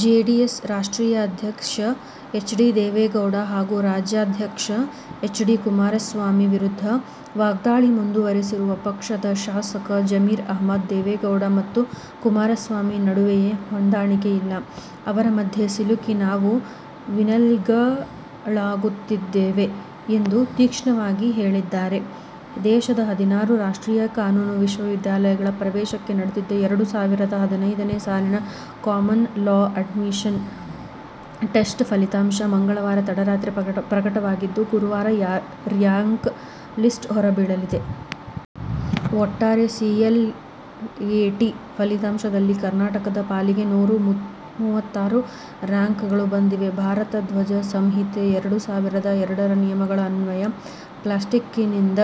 JDS ರಾಷ್ಟ್ರೀಯ ಅಧ್ಯಕ್ಷ H. D. Devegowda ಹಾಗೂ ರಾಜ್ಯಾಧ್ಯಕ್ಷ ಎಚ್. ಡಿ. ಕುಮಾರಸ್ವಾಮಿ ವಿರುದ್ಧ ವಾಗ್ಧಾಳಿ ಮುಂದುವರಿಸಿರುವ ಪಕ್ಷದ ಶಾಸಕ ಜಮೀರ್ ಅಹಮದ್, ದೇವೇಗೌಡ ಮತ್ತು ಕುಮಾರಸ್ವಾಮಿ ನಡುವೆಯೇ ಹೊಂದಾಣಿಕೆಯಿಲ್ಲ. ಅವರ ಮಧ್ಯೆ ಸಿಲುಕಿ ನಾವು ವಿಲನ್ಗಳಾಗುತ್ತಿದ್ದೇವೆ ಎಂದು ತೀಕ್ಷ್ಣವಾಗಿ ಹೇಳಿದ್ದಾರೆ. ದೇಶದ ಹದಿನಾರು ರಾಷ್ಟ್ರೀಯ ಕಾನೂನು ವಿಶ್ವವಿದ್ಯಾಲಯಗಳ ಪ್ರವೇಶಕ್ಕೆ ನಡೆದಿದ್ದ ಎರಡು ಸಾವಿರದ ಹದಿನೈದನೇ ಸಾಲಿನ ಕಾಮನ್ ಲಾ ಅಡ್ಮಿಷನ್ ಟೆಸ್ಟ್ ಫಲಿತಾಂಶ ಮಂಗಳವಾರ ತಡರಾತ್ರಿ ಪ್ರಟಕವಾಗಿದ್ದು, ಗುರುವಾರ ರ್ಯಾಂಕ್ ಲಿಸ್ಟ್ ಹೊರಬೀಳಲಿದೆ. ಒಟ್ಟಾರೆ ಸಿಎಲ್ಎಟಿ ಫಲಿತಾಂಶದಲ್ಲಿ ಕರ್ನಾ ಟಕದ ಪಾಲಿಗೆ ನೂರ ಮೂವತ್ತಾರು ರಾಂಕ್ಗಳು ಬಂದಿವೆ. ಭಾರತ ಧ್ವಜ ಸಂಹಿತೆ-ಎರಡು ಸಾವಿರದ ಎರಡರ ನಿಯಮಗಳ ಅನ್ವಯ ಪ್ಲಾಸ್ಟಿಕ್ನಿಂದ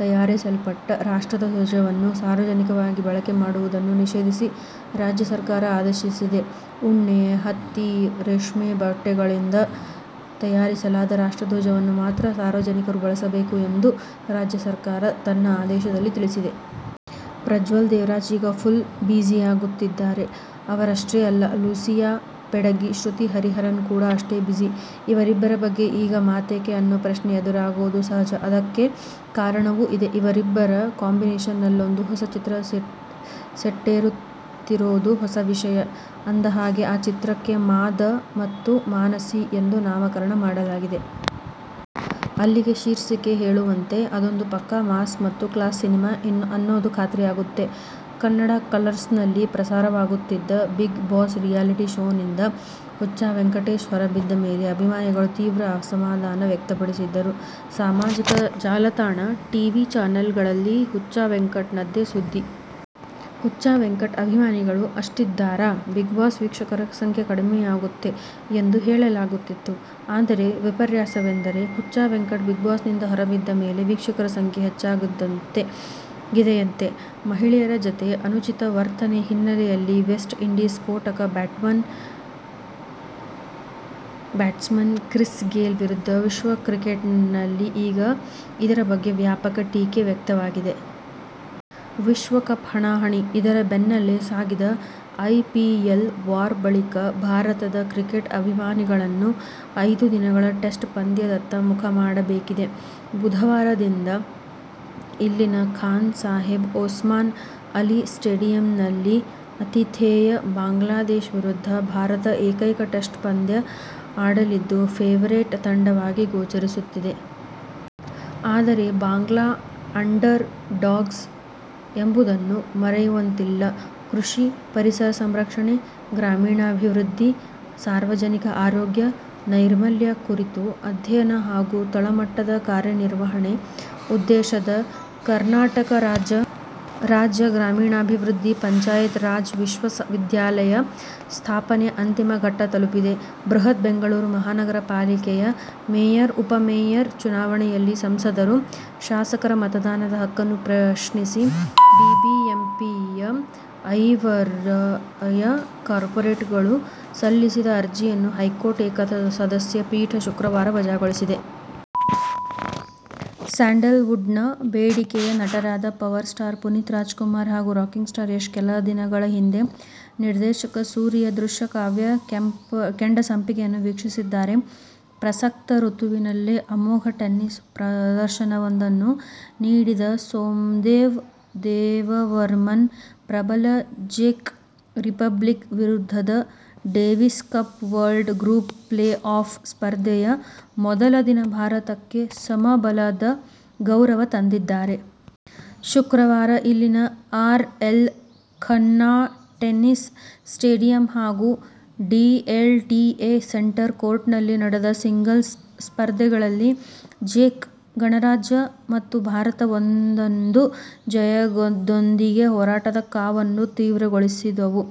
ತಯಾರಿಸಲ್ಪಟ್ಟ ರಾಷ್ಟ್ರದ ಧ್ವಜವನ್ನು ಸಾರ್ವಜನಿಕವಾಗಿ ಬಳಕೆ ಮಾಡುವುದನ್ನು ನಿಷೇಧಿಸಿ ರಾಜ್ಯ ಸರ್ಕಾರ ಆದೇಶಿಸಿದೆ. ಉಣ್ಣೆ, ಹತ್ತಿ, ರೇಷ್ಮೆ ಬಟ್ಟೆಗಳಿಂದ ತಯಾರಿಸಲಾದ ರಾಷ್ಟ್ರಧ್ವಜವನ್ನು ಮಾತ್ರ ಸಾರ್ವಜನಿಕರು ಬಳಸಬೇಕು ಎಂದು ರಾಜ್ಯ ಸರ್ಕಾರ ತನ್ನ ಆದೇಶದಲ್ಲಿ ತಿಳಿಸಿದೆ. ಪ್ರಜ್ವಲ್ ದೇವರಾಜ್ ಈಗ ಫುಲ್ ಬಿಝಿಯಾಗುತ್ತಿದ್ದಾರೆ. ಅವರಷ್ಟೇ ಅಲ್ಲ, ಲೂಸಿಯಾ ಬೆಡಗಿ ಶ್ರುತಿ ಹರಿಹರನ್ ಕೂಡ ಅಷ್ಟೇ ಬಿಝಿ. ಇವರಿಬ್ಬರ ಬಗ್ಗೆ ಈಗ ಮಾತೇಕೆ ಅನ್ನೋ ಪ್ರಶ್ನೆ ಎದುರಾಗೋದು ಸಹಜ. ಅದಕ್ಕೆ ಕಾರಣವೂ ಇದೆ. ಇವರಿಬ್ಬರ ಕಾಂಬಿನೇಷನ್ನಲ್ಲೊಂದು ಹೊಸ ಚಿತ್ರ ಸೆಟ್ಟೇರುತ್ತಿರೋದು ಹೊಸ ವಿಷಯ. ಅಂದಹಾಗೆ, ಆ ಚಿತ್ರಕ್ಕೆ ಮಾದ ಮತ್ತು ಮಾನಸಿ ಎಂದು ನಾಮಕರಣ ಮಾಡಲಾಗಿದೆ. ಅಲ್ಲಿಗೆ ಶೀರ್ಷಿಕೆ ಹೇಳುವಂತೆ, ಅದೊಂದು ಪಕ್ಕಾ ಮಾಸ್ ಮತ್ತು ಕ್ಲಾಸ್ ಸಿನಿಮಾ ಅನ್ನೋದು ಖಾತ್ರಿಯಾಗುತ್ತೆ. ಕನ್ನಡ ಕಲರ್ಸ್ ನಲ್ಲಿ ಪ್ರಸಾರವಾಗುತ್ತಿದ್ದ ಬಿಗ್ ಬಾಸ್ ರಿಯಾಲಿಟಿ ಶೋನಿಂದ ಹುಚ್ಚ ವೆಂಕಟೇಶ್ ಹೊರಬಿದ್ದ ಮೇಲೆ ಅಭಿಮಾನಿಗಳು ತೀವ್ರ ಅಸಮಾಧಾನ ವ್ಯಕ್ತಪಡಿಸಿದ್ದರು. ಸಾಮಾಜಿಕ ಜಾಲತಾಣ, ಟಿವಿ ಚಾನೆಲ್ ಗಳಲ್ಲಿ ಹುಚ್ಚ ವೆಂಕಟ್ ನದ್ದೇ ಸುದ್ದಿ. ಹುಚ್ಚ ವೆಂಕಟ್ ಅಭಿಮಾನಿಗಳು ಅಷ್ಟಿದ್ದಾರಾ ಬಿಗ್ ಬಾಸ್ ವೀಕ್ಷಕರ ಸಂಖ್ಯೆ ಕಡಿಮೆಯಾಗುತ್ತೆ ಎಂದು ಹೇಳಲಾಗುತ್ತಿತ್ತು. ಆದರೆ ವಿಪರ್ಯಾಸವೆಂದರೆ ಹುಚ್ಚ ವೆಂಕಟ್ ಬಿಗ್ ಬಾಸ್ ನಿಂದ ಹೊರಬಿದ್ದ ಮೇಲೆ ವೀಕ್ಷಕರ ಸಂಖ್ಯೆ ಹೆಚ್ಚಾಗಿದೆಯಂತೆ. ಮಹಿಳೆಯರ ಜತೆ ಅನುಚಿತ ವರ್ತನೆ ಹಿನ್ನೆಲೆಯಲ್ಲಿ ವೆಸ್ಟ್ ಇಂಡೀಸ್ ಸ್ಫೋಟಕ ಬ್ಯಾಟ್ಸ್ಮನ್ ಕ್ರಿಸ್ ಗೇಲ್ ವಿರುದ್ಧ ವಿಶ್ವ ಕ್ರಿಕೆಟಿನಲ್ಲಿ ಈಗ ಇದರ ಬಗ್ಗೆ ವ್ಯಾಪಕ ಟೀಕೆ ವ್ಯಕ್ತವಾಗಿದೆ. ವಿಶ್ವಕಪ್ ಹಣಾಹಣಿ, ಇದರ ಬೆನ್ನಲ್ಲೇ ಸಾಗಿದ ಐಪಿಎಲ್ ವಾರ್ ಬಳಿಕ ಭಾರತದ ಕ್ರಿಕೆಟ್ ಅಭಿಮಾನಿಗಳನ್ನು ಐದು ದಿನಗಳ ಟೆಸ್ಟ್ ಪಂದ್ಯದತ್ತ ಮುಖ ಮಾಡಬೇಕಿದೆ. ಬುಧವಾರದಿಂದ ಇಲ್ಲಿನ ಖಾನ್ ಸಾಹೇಬ್ ಒಸ್ಮಾನ್ ಅಲಿ ಸ್ಟೇಡಿಯಂನಲ್ಲಿ ಆತಿಥೇಯ ಬಾಂಗ್ಲಾದೇಶ ವಿರುದ್ಧ ಭಾರತ ಏಕೈಕ ಟೆಸ್ಟ್ ಪಂದ್ಯ ಆಡಲಿದ್ದು, ಫೇವರಿಟ್ ತಂಡವಾಗಿ ಗೋಚರಿಸುತ್ತಿದೆ. ಆದರೆ ಬಾಂಗ್ಲಾ ಅಂಡರ್ ಡಾಗ್ಸ್ ಎಂಬುದನ್ನು ಮರೆಯುವಂತಿಲ್ಲ ಕೃಷಿ, ಪರಿಸರ ಸಂರಕ್ಷಣೆ, ಗ್ರಾಮೀಣಾಭಿವೃದ್ಧಿ, ಸಾರ್ವಜನಿಕ ಆರೋಗ್ಯ, ನೈರ್ಮಲ್ಯ ಕುರಿತು ಅಧ್ಯಯನ ಹಾಗೂ ತಳಮಟ್ಟದ ಕಾರ್ಯನಿರ್ವಹಣೆ ಉದ್ದೇಶದ ಕರ್ನಾಟಕ ರಾಜ್ಯ ಗ್ರಾಮೀಣಾಭಿವೃದ್ಧಿ ಪಂಚಾಯತ್ ರಾಜ್ ವಿಶ್ವವಿದ್ಯಾಲಯ' ಸ್ಥಾಪನೆ ಅಂತಿಮ ಘಟ್ಟ ತಲುಪಿದೆ. ಬೃಹತ್ ಬೆಂಗಳೂರು ಮಹಾನಗರ ಪಾಲಿಕೆಯ ಮೇಯರ್, ಉಪಮೇಯರ್ ಚುನಾವಣೆಯಲ್ಲಿ ಸಂಸದರು, ಶಾಸಕರ ಮತದಾನದ ಹಕ್ಕನ್ನು ಪ್ರಶ್ನಿಸಿ ಬಿಬಿಎಂಪಿಯ ಐವರಯ ಕಾರ್ಪೋರೇಟರ್ ಗಳು ಸಲ್ಲಿಸಿದ್ದ ಅರ್ಜಿಯನ್ನು ಹೈಕೋರ್ಟ್ ಏಕಸದಸ್ಯ ಪೀಠ ಶುಕ್ರವಾರ ವಜಾಗೊಳಿಸಿದೆ. ಸ್ಯಾಂಡಲ್ ವುಡ್'ನ ಬೇಡಿಕೆಯ ನಟರಾದ ಪವರ್ ಸ್ಟಾರ್ ಪುನೀತ್ ರಾಜ್ ಕುಮಾರ್ ಹಾಗೂ ರಾಕಿಂಗ್ ಸ್ಟಾರ್ ಯಶ್ ಕೆಲದಿನಗಳ ಹಿಂದೆ ನಿರ್ದೇಶಕ ಸೂರಿಯ ದೃಶ್ಯಕಾವ್ಯ ಕೆಂಡಸಂಪಿಗೆಯನ್ನು ವೀಕ್ಷಿಸಿದ್ದಾರೆ. ಪ್ರಸಕ್ತ ಋತುವಿನಲ್ಲೇ ಅಮೋಘ ಟೆನ್ನಿಸ್ ಪ್ರದರ್ಶನವೊಂದನ್ನು ನೀಡಿದ ಸೋಮ್ದೇವ್ ದೇವವರ್ಮನ್ ಪ್ರಬಲ ಜೆಕ್ ರಿಪಬ್ಲಿಕ್ ವಿರುದ್ಧದ Davis Cup World Group playoff ಸ್ಪರ್ಧೆಯ ಮೊದಲ ದಿನ ಭಾರತಕ್ಕೆ ಸಮಬಲದ ಗೌರವ ತಂದಿದ್ದಾರೆ. ಶುಕ್ರವಾರ ಇಲ್ಲಿನ R. L Khanna tennis stadium ಹಾಗೂ ಡಿಎಲ್ಟಿಎ ಸೆಂಟರ್ ಕೋರ್ಟ್'ನಲ್ಲಿ ನಡೆದ ಸಿಂಗಲ್ಸ್ ಸ್ಪರ್ಧೆಗಳಲ್ಲಿ ಜೆಕ್ ಗಣರಾಜ್ಯ ಮತ್ತು ಭಾರತ ಒಂದೊಂದು ಜಯದೊಂದಿಗೆ ಹೋರಾಟದ ಕಾವನ್ನು ತೀವ್ರಗೊಳಿಸಿದವು.